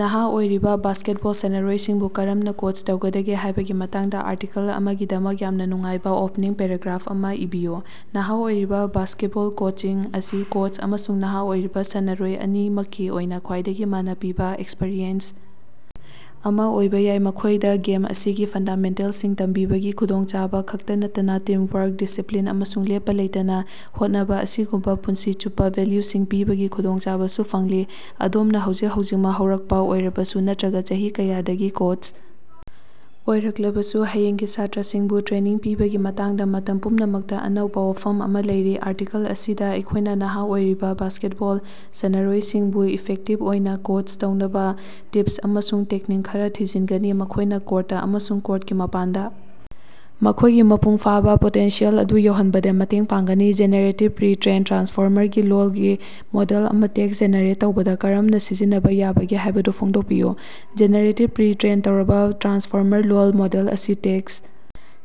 ꯅꯍꯥ ꯑꯣꯏꯔꯤꯕ ꯕꯥꯁ꯭ꯀꯦꯠꯕꯣꯜ ꯁꯥꯟꯅꯔꯣꯏꯁꯤꯡꯕꯨ ꯀꯔꯝꯅ ꯀꯣꯆ ꯇꯧꯒꯗꯒꯦ ꯍꯥꯏꯕꯒꯤ ꯃꯇꯥꯡꯗ ꯑꯥꯔꯇꯤꯀꯜ ꯑꯃꯒꯤꯗꯃꯛ ꯌꯥꯝꯅ ꯅꯨꯡꯉꯥꯏꯕ ꯑꯣꯄꯅꯤꯡ ꯄꯦꯔꯥꯒ꯭ꯔꯥꯐ ꯑꯃ ꯏꯕꯤꯌꯨ꯫ ꯅꯍ ꯑꯣꯏꯔꯤꯕ ꯕꯥꯁ꯭ꯀꯦꯠꯕꯣꯜ ꯀꯣꯆꯤꯡ ꯑꯁꯤ ꯀꯣꯆ ꯑꯃꯁꯨꯡ ꯅꯍꯥ ꯑꯣꯏꯔꯤꯕ ꯁꯥꯟꯅꯔꯣꯏ ꯑꯅꯤꯃꯛꯀꯤ ꯑꯣꯏꯅ ꯈ꯭ꯋꯥꯏꯗꯒꯤ ꯃꯅ ꯄꯤꯕ ꯑꯦꯛꯁꯄꯔꯤꯌꯦꯟꯁ ꯑꯃ ꯑꯣꯏꯕ ꯌꯥꯏ꯫ ꯃꯈꯣꯏꯗ ꯒꯦꯝ ꯑꯁꯤꯒꯤ ꯐꯟꯗꯥꯃꯦꯟꯇꯦꯜꯁꯤꯡ ꯇꯝꯕꯤꯕꯒꯤ ꯈꯨꯗꯣꯡꯆꯥꯕ ꯈꯛꯇ ꯅꯠꯇꯅ ꯇꯤꯝꯋꯥꯔꯛ, ꯗꯤꯁꯤꯄ꯭ꯂꯤꯟ, ꯑꯃꯁꯨꯡ ꯂꯦꯞꯄ ꯂꯩꯇꯅ ꯍꯣꯠꯅꯕ ꯑꯁꯤꯒꯨꯝꯕ ꯄꯨꯟꯁꯤ ꯆꯨꯞꯄ ꯚꯦꯂ꯭ꯌꯨꯁꯤꯡ ꯄꯤꯕꯒꯤ ꯈꯨꯗꯣꯡꯆꯥꯕꯁꯨ ꯐꯪꯂꯤ꯫ ꯑꯗꯣꯝꯅ ꯍꯧꯖꯤꯛ ꯍꯧꯖꯤꯛꯃꯛ ꯍꯧꯔꯛꯄ ꯑꯣꯏꯔꯕꯁꯨ ꯅꯠꯇ꯭ꯔꯒ ꯆꯍꯤ ꯀꯌꯥꯗꯒꯤ ꯀꯣꯆ ꯑꯣꯏꯔꯛꯂꯕꯁꯨ, ꯍꯌꯦꯡꯒꯤ ꯁ꯭ꯇꯥꯔꯁꯤꯡꯕꯨ ꯇ꯭ꯔꯦꯅꯤꯡ ꯄꯤꯕꯒꯤ ꯃꯇꯥꯡꯗꯥ ꯃꯇꯝ ꯄꯨꯝꯅꯃꯛꯇ ꯑꯅꯧꯕ ꯋꯥꯐꯝ ꯑꯃ ꯂꯩꯔꯤ꯫ ꯑꯥꯔꯇꯤꯀꯜ ꯑꯁꯤꯗꯥ ꯑꯩꯈꯣꯏꯅ ꯅꯍ ꯑꯣꯏꯔꯤꯕ ꯕꯥꯁ꯭ꯀꯦꯠꯕꯣꯜ ꯁꯥꯟꯅꯔꯣꯏꯁꯤꯡꯕꯨ ꯏꯐꯦꯛꯇꯤꯕ ꯑꯣꯏꯅ ꯀꯣꯆ ꯇꯧꯅꯕ ꯇꯤꯞꯁ ꯑꯃꯁꯨꯡ ꯇꯦꯛꯅꯤꯛ ꯈꯔ ꯊꯤꯖꯤꯟꯒꯅꯤ, ꯃꯈꯣꯏꯅ ꯀꯣꯔꯠꯇꯥ ꯑꯃꯁꯨꯡ ꯀꯣꯔꯇꯀꯤ ꯃꯄꯥꯟꯗ ꯃꯈꯣꯏꯒꯤ ꯃꯄꯨꯡ ꯐꯥꯕ ꯄꯣꯇꯦꯟꯁꯤꯌꯦꯜ ꯑꯗꯨ ꯌꯧꯍꯟꯕꯗ ꯃꯇꯦꯡ ꯄꯥꯡꯒꯅꯤ꯫ ꯖꯦꯅꯦꯔꯦꯇꯤꯕ ꯄ꯭ꯔꯤ ꯇ꯭ꯔꯦꯟ ꯇ꯭ꯔꯥꯟꯁꯐꯣꯔꯃꯔ ꯒꯤ ꯂꯣꯜꯒꯤ ꯃꯣꯗꯦꯜ ꯑꯃ ꯇꯦꯛꯁ ꯖꯦꯅꯦꯔꯦꯠ ꯇꯧꯕꯗ ꯀꯔꯝꯅ ꯁꯤꯖꯤꯟꯅꯕ ꯌꯥꯕꯒꯦ ꯍꯥꯏꯕꯗꯨ ꯐꯣꯡꯗꯣꯛꯄꯤꯌꯨ꯫ ꯖꯦꯅꯦꯔꯦꯇꯤꯕ ꯄ꯭ꯔꯤ ꯇ꯭ꯔꯦꯟ ꯇꯧꯔꯕ ꯇ꯭ꯔꯥꯟꯁꯐꯣꯔꯃꯔ ꯂꯣꯜ ꯃꯣꯗꯦꯜ ꯑꯁꯤ ꯇꯦꯛꯁ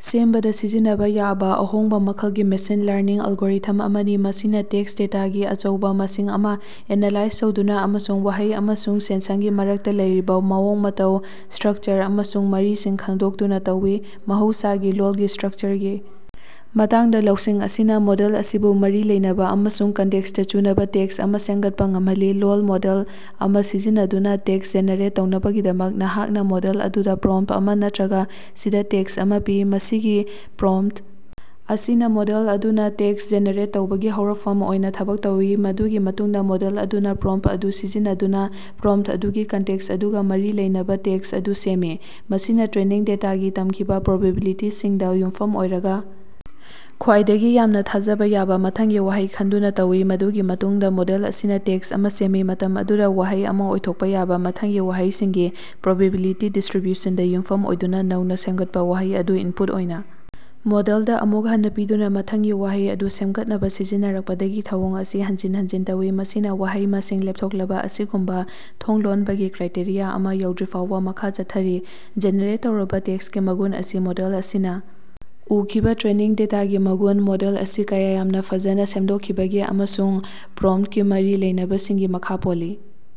ꯁꯦꯝꯕꯗ ꯁꯤꯖꯤꯟꯅꯕ ꯌꯥꯕ ꯑꯍꯣꯡꯕ ꯃꯈꯜꯒꯤ ꯃꯦꯁꯤꯟ ꯂꯔꯅꯤꯡ ꯑꯦꯜꯒꯣꯔꯤꯊꯝ ꯑꯃꯅꯤ꯫ ꯃꯁꯤꯅ ꯇꯦꯛꯁ ꯗꯦꯇꯥꯒꯤ ꯑꯆꯧꯕ ꯃꯁꯤꯡ ꯑꯃ ꯑꯦꯅꯥꯂꯥꯏꯖ ꯇꯧꯗꯨꯅ ꯑꯃꯁꯨꯡ ꯋꯥꯍꯩ ꯑꯃꯁꯨꯡ ꯁꯦꯟꯁꯟꯒꯤ ꯃꯔꯛꯇ ꯂꯩꯔꯤꯕ ꯃꯑꯣꯡ ꯃꯇꯧ, ꯁꯇ꯭ꯔꯛꯆꯔ ꯑꯃꯁꯨꯡ ꯃꯔꯤꯁꯤꯡ ꯈꯪꯗꯣꯛꯇꯨꯅ ꯇꯧꯏ꯫ ꯃꯍꯧꯁꯥꯒꯤ ꯂꯣꯜꯒꯤ ꯁꯇ꯭ꯔꯛꯆꯔꯒꯤ ꯃꯇꯥꯡꯗ ꯂꯧꯁꯤꯡ ꯑꯁꯤꯅ ꯃꯣꯗꯦꯜ ꯑꯁꯤꯕꯨ ꯃꯔꯤ ꯂꯩꯅꯕ ꯑꯃꯁꯨꯡ ꯀꯟꯇꯦꯛꯁꯇ ꯆꯨꯅꯕ ꯇꯦꯛꯁ ꯑꯃ ꯁꯦꯝꯒꯠꯄꯥ ꯉꯝꯍꯜꯂꯤ꯫ ꯂꯣꯜ ꯃꯣꯗꯦꯜ ꯑꯃ ꯁꯤꯖꯤꯟꯅꯗꯨꯅ ꯇꯦꯛꯁ ꯖꯦꯅꯦꯔꯦꯠ ꯇꯧꯅꯕꯒꯤꯗꯃꯛ, ꯅꯍꯥꯛꯅ ꯃꯣꯗꯦꯜ ꯑꯗꯨꯗ ꯄ꯭ꯔꯣꯝꯇ ꯑꯃ ꯅꯠꯇꯔꯒ ꯁꯤꯗ ꯇꯦꯛꯁ ꯑꯃ ꯄꯤ꯫ ꯃꯁꯤꯒꯤ ꯄ꯭ꯔꯣꯝꯇ ꯑꯁꯤꯅ ꯃꯣꯗꯦꯜ ꯑꯗꯨꯅ ꯇꯦꯛꯁꯠ ꯖꯦꯅꯦꯔꯦꯠ ꯇꯧꯅꯕꯒꯤ ꯍꯧꯔꯛꯐꯝ ꯑꯣꯏꯅ ꯊꯕꯛ ꯇꯧꯏ꯫ ꯃꯗꯨꯒꯤ ꯃꯇꯨꯡꯗ ꯃꯣꯗꯦꯜ ꯑꯗꯨꯅ ꯄ꯭ꯔꯣꯝꯇ ꯑꯗꯨ ꯁꯤꯖꯤꯟꯅꯗꯨꯅ ꯄ꯭ꯔꯣꯝꯇ ꯑꯗꯨꯒꯤ ꯀꯟꯇꯦꯛꯁ ꯑꯗꯨꯒ ꯃꯔꯤ ꯂꯩꯅꯕ ꯇꯦꯛꯁꯠ ꯑꯗꯨ ꯁꯦꯝꯃꯤ꯫ ꯃꯁꯤꯅ ꯇ꯭ꯔꯦꯅꯤꯡ ꯗꯦꯇꯥꯗꯒꯤ ꯇꯝꯈꯤꯕ ꯄ꯭ꯔꯣꯕꯤꯕꯤꯂꯤꯇꯤꯁꯤꯡꯗ ꯌꯨꯝꯐꯝ ꯑꯣꯏꯔꯒ ꯈ꯭ꯋꯥꯏꯗꯒꯤ ꯌꯥꯝꯅ ꯊꯥꯖꯕ ꯌꯥꯕ ꯃꯊꯪꯒꯤ ꯋꯥꯍꯩ ꯈꯟꯗꯨꯅ ꯇꯧꯏ꯫ ꯃꯗꯨꯒꯤ ꯃꯇꯨꯡꯗ ꯃꯣꯗꯦꯜ ꯑꯁꯤꯅ ꯇꯦꯛꯁ ꯑꯃ ꯁꯦꯝꯃꯤ, ꯃꯇꯝ ꯑꯃꯗ ꯋꯥꯍꯩ ꯑꯃ ꯑꯣꯏꯊꯣꯛꯄ ꯌꯥꯕ ꯃꯊꯪꯒꯤ ꯋꯥꯍꯩꯁꯤꯡꯒꯤ ꯄ꯭ꯔꯣꯕꯤꯕꯤꯂꯤꯇꯤ ꯗꯤꯁꯇ꯭ꯔꯤꯕ꯭ꯌꯨꯁꯟꯗ ꯌꯨꯝꯐꯝ ꯑꯣꯏꯗꯨꯅ꯫ ꯅꯧꯅ ꯁꯦꯝꯒꯠꯄ ꯋꯥꯍꯩ ꯑꯗꯨ ꯏꯟꯄꯨꯠ ꯑꯣꯏꯅ ꯃꯣꯗꯦꯜꯗ ꯑꯃꯨꯛ ꯍꯟꯅ ꯄꯤꯗꯨꯅ ꯃꯊꯪꯒꯤ ꯋꯥꯍꯩ ꯑꯗꯨ ꯁꯦꯝꯒꯠꯅꯕ ꯁꯤꯖꯤꯟꯅꯔꯛꯄꯗꯒꯤ ꯊꯧꯑꯣꯡ ꯑꯁꯤ ꯍꯟꯖꯤꯟ ꯍꯟꯖꯤꯟ ꯇꯧꯏ, ꯃꯁꯤꯅ ꯋꯥꯍꯩ ꯃꯁꯤꯡ ꯂꯦꯞꯊꯣꯛꯂꯕ ꯑꯁꯤꯒꯨꯝꯕ ꯊꯣꯡ ꯂꯣꯟꯕꯒꯤ ꯀ꯭ꯔꯥꯏꯇꯦꯔꯤꯌꯥ ꯑꯃ ꯌꯧꯗ꯭ꯔꯤꯐꯥꯎꯕꯥꫪ ꯃꯈꯥ ꯆꯠꯊꯔꯤ꯫ ꯖꯦꯅꯦꯔꯦꯠ ꯇꯧꯔꯕ ꯇꯦꯛꯁꯀꯤ ꯃꯒꯨꯟ ꯑꯁꯤ ꯃꯣꯗꯦꯜ ꯑꯁꯤꯅ ꯎꯈꯤꯕ ꯇ꯭ꯔꯦꯅꯤꯡ ꯗꯦꯇꯥꯒꯤ ꯃꯒꯨꯟ, ꯃꯣꯗꯦꯜ ꯑꯁꯤ ꯀꯌꯥ ꯌꯥꯝꯅ ꯐꯖꯅ ꯁꯦꯝꯗꯣꯛꯈꯤꯕꯒꯦ ꯑꯃꯁꯨꯡ ꯄ꯭ꯔꯣꯝꯇꯀꯤ ꯃꯔꯤ ꯂꯩꯅꯕꯁꯤꯡꯒꯤ ꯃꯈ ꯄꯣꯜꯂꯤ꯫